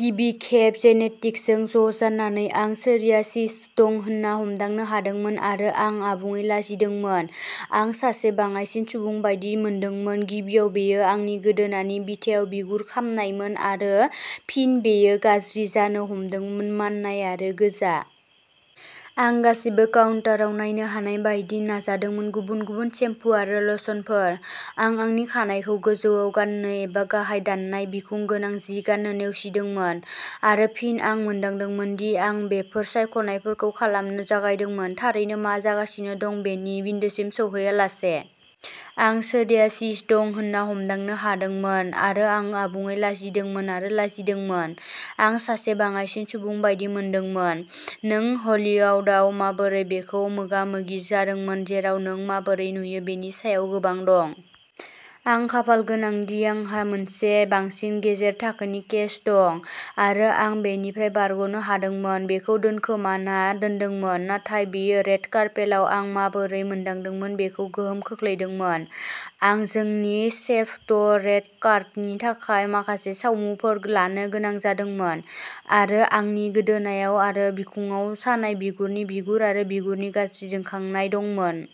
गिबि खेब जेनेटिक्सजों ज'जानानै आं सोरियासिस दं होनना हमदांनो हादोंमोन आरो आं आबुङै लाजिदोंमोन आं सासे बाङाइसिन सुबुं बायदि मोनदोंमोन गिबियाव बेयो आंनि गोदोनानि बिथायाव बिगुर खामनायमोन आरो फिन बेयो गाज्रि जानो हमदोंमोन माननाय आरो गोजा। आं गासैबो काउन्टाराव नायनो हानाय बायदि नाजादोंमोन गुबुन गुबुन सेम्पु आरो लशनफोर। आं आंनि खानाइखौ गोजौआव गाननो एबा गाहाय दाननाय बिखुं गोनां जि गान्नो नेवसिदोंमोन। आरो फिन आं मोनदांदोंमोन दि आं बेफोर सायख'नायफोरखौ खालामनो जागायदोंमोन, थारैनो मा जागासिनो दं बेनि बिन्दोसिम सौहैालासे। आं सोरियासिस दं होनना हमदांनो हादोंमोन, आरो आं आबुङै लाजिदोंमोन आरो लाजिदोंमोन। आं सासे बाङाइसिन सुबुं बायदि मोनदोंमोन। नों हलिउदाव माबोरै बेखौ मोगा मोगि जादोंमोन जेराव नों माबोरै नुयो बेनि सायाव गोबां दं? आं खाफालगोनां दि आंहा मोनसे बांसिन गेजेर थाखोनि केस दं, आरो आं बेनिफ्राय बारग'नो हादोंमोन। बेखौ दोनखोमाना दोनदोंमोन। नाथाय बेयो रेड कार्पेलआव आं माबोरै मोनदांदोंमोन बेखौ गोहोम खोख्लैदोंमोन। आं जोंनि सेभ ट रेट कार्डनि थाखाय माखासे सावमुफोर लानो गोनां जादोंमोन आरो आंनि गोदोनायाव आरो बिखुंआव सानाय बिगुरनि बिगुर आरो बिगुरनि गाज्रि जोंखांनाय दंमोन।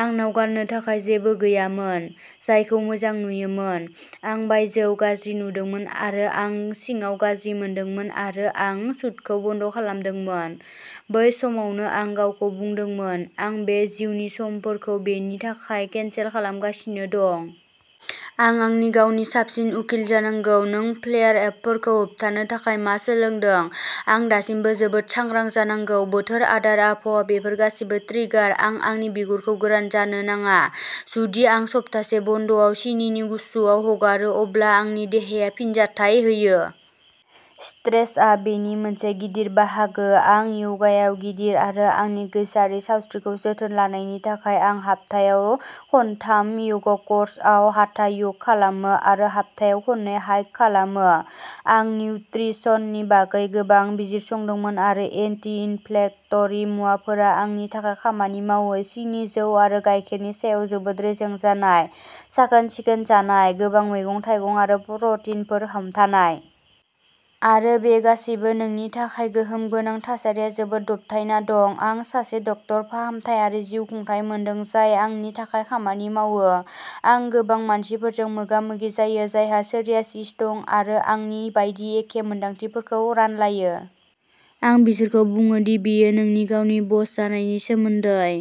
आंनाव गान्नो थाखाय जेबो गैयामोन, जायखौ मोजां नुयोमोन। आं बायजोयाव गाज्रि नुदोंमोन आरो आं सिङाव गाज्रि मोनदोंमोन आरो आं शूटखौ बन्द खालामदोंमोन। बै समावनो आं गावखौ बुंदोंमोनः "आं बे जिउनि समफोरखौ बेनि थाखाय केनसेल खालामगासिनो दं। आं आंनि गावनि साबसिन उकिल जानांगौ।" नों फ्लेयार-एपफोरखौ होबथानो थाखाय मा सोलोंदों? आं दासिमबो जोबोद सांग्रां जानांगौ। बोथोर, आदार, आबहावा-बेफोर गासैबो ट्रिगार। आं आंनि बिगुरखौ गोरान जानो नाङा। जुदि आं सप्तासे बन्द'आव सिनिनि गुच्छआव हगारो, अब्ला आंनि देहाया फिनजाथाय होयो। स्ट्रेसआ बेनि मोनसे गिदिर बाहागो। आं य'गायाव गिदिर, आरो आंनि गोसोआरि सावस्रिखौ जोथोन लानायनि थाखाय। आं हाप्थायाव खनथाम य'गकर्सआव हाथा य'ग खालामो, आरो हाप्थायाव खननै हाइक खालामो। आं निउत्रिसननि बागै गोबां बिजिरसंदोंमोन, आरो एन्टि इनफ्लेकटरि मुवाफोरा आंनि थाखाय खामानि मावो सिनि जौ आरो गाइखेरनि सायाव जोबोद रेजें जानाय, साखोन-सिखोन जानाय, गोबां मैगं-थाइगं आरो प्रटिनफोर हमथानाय। आरो बे गासैबो नोंनि थाखाय गोहोम गोनां थासारिया जोबोद दबथायना दं। आं सासे डक्टर फाहामथाय आरो जिउखुंथाय मोनदों जाय आंनि थाखाय खामानि मावो। आं गोबां मानसिफोरजों मोगामोगि जायो जायहा सोरियासिस दं आरो आंनि बायदि एखे मोन्दांथिफोरखौ रानलायो। आं बिसोरखौ बुङो दि बेयो नोंनि गावनि बस जानायनि सोमोन्दै,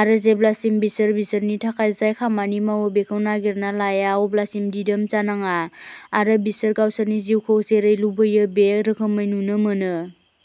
आरो जेब्लासिम बिसोर बिसोरनि थाखाय जाय खामानि मावो बेखौ नागिरना लाया अब्लासिम दिदोम जानाङा, आरो बिसोर गावसोरनि जिउखौ जेरै लुबैयो बे रोखोमै नुनो मोनो।